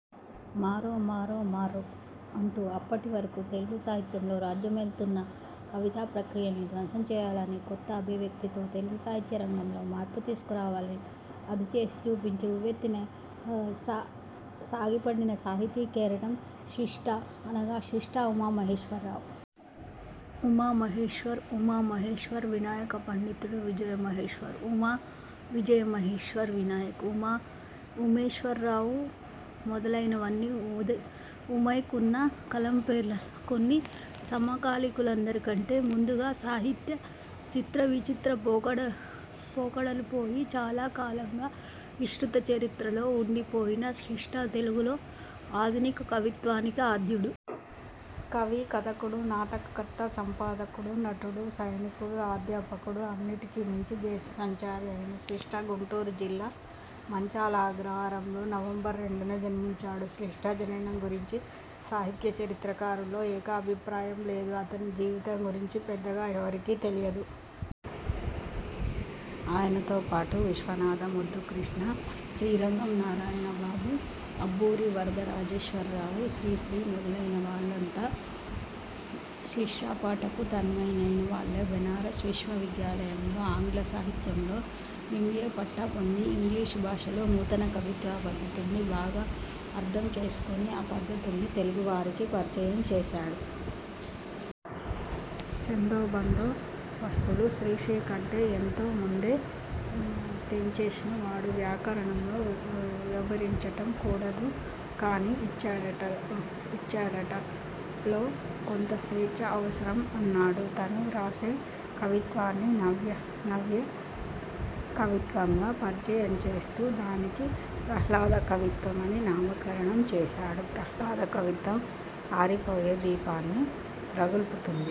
మారో మారో మారో' అంటూ అప్పటి వరకు తెలుగు సాహిత్యంలో రాజ్య మేలుతున్న కవితా ప్రక్రియల్ని ధ్వంసం చేయాలని, కొత్త అభివ్యక్తి తో తెలుగు సాహిత్య రంగంలో మార్పు తీసుకు రావాలని, అది చేసి చూపించి, ఉవ్వెత్తున స సగిపడిన సాహితీ కెరటం శిష్ట, అనగా శిష్ట ఉమా మహేశ్వర రావు. ఉమా, మహేశ్వర్, ఉమా మహేశ్వర్, వినాయక పండితుడు, విజయ మహేశ్వరం, ఉమా విజయ మహేశ్వర్ వినాయక్, ఉమా ఉమేశ్వర రావు మొదలైన వన్నీ 'ఉమాయ్'కున్న కలం పేర్లలో కొన్ని. సమకాలికులందరికంటే ముందుగా సాహిత్య చిత్ర విచిత్ర పోకడ పోకడలు పోయి, చాలా కాలంగా విస్మృత చరిత్రలో ఉండి పోయిన శిష్ట తెలుగులో ఆధునిక కవిత్వానికి ఆద్యుడు. కవి, కథకుడు, నాటక కర్త, సంపాదకుడు, నటుడు, సైనికుడు, అధ్యాపకుడు, అన్నిటికీ మించి దేశ సంచారి అయిన శిష్ట్లా గుంటూరు జిల్లా మంచాళ అగ్రహారంలో, నవంబర్ రెండున జన్మించాడు. శిష్ట జననం గురించి సాహిత్య చరిత్ర కారుల్లో ఏకాభి ప్రాయం లేదు. అతని జీవితం గురించి పెద్దగా ఎవరికీ తెలీదు. ఆయనతో పాటు, విశ్వనాథ, ముద్దు కృష్ణ, శ్రీరంగం నారాయణ బాబు, అబ్బూరి వరద రాజేశ్వర రావు, శ్రీశ్రీ మొదలైన వాళ్లంతా శిష్ట్లా పాటకు తన్మయు లైనవాళ్లే. బెనారస్ విశ్వ విద్యాలయంలో ఆంగ్ల సాహిత్యంలో ఎం. ఏ. పట్టా పొంది, ఇంగ్లీషు భాషలోని నూతన కవితా పద్ధతుల్ని బాగా అర్థం చేసుకుని, ఆ పద్ధతుల్ని తెలుగు వారికి పరిచయం చేశాడు. ఛందో బందో బస్తులు శ్రీశ్రీ కంటే ఎంతో ముందే తెంచేసిన వాడు. ''వ్యాకరణంలో వ్యభిచరించటము కూడదు కాని ఇచ్చాడట ఇచ్చాడట లో కొంత స్వేచ్ఛ అవసరం! అన్నాడు. తను రాసే కవిత్వాన్ని నవ్య నవ్యకవిత్వంగా పరిచయం చేస్తూ, దానికి ప్రాహ్లాద కవిత్వం అని నామకరణం చేశాడు. ప్రాహ్లాద కవిత్వం ఆరిపోయే దీపాన్ని రగుల్పుతు!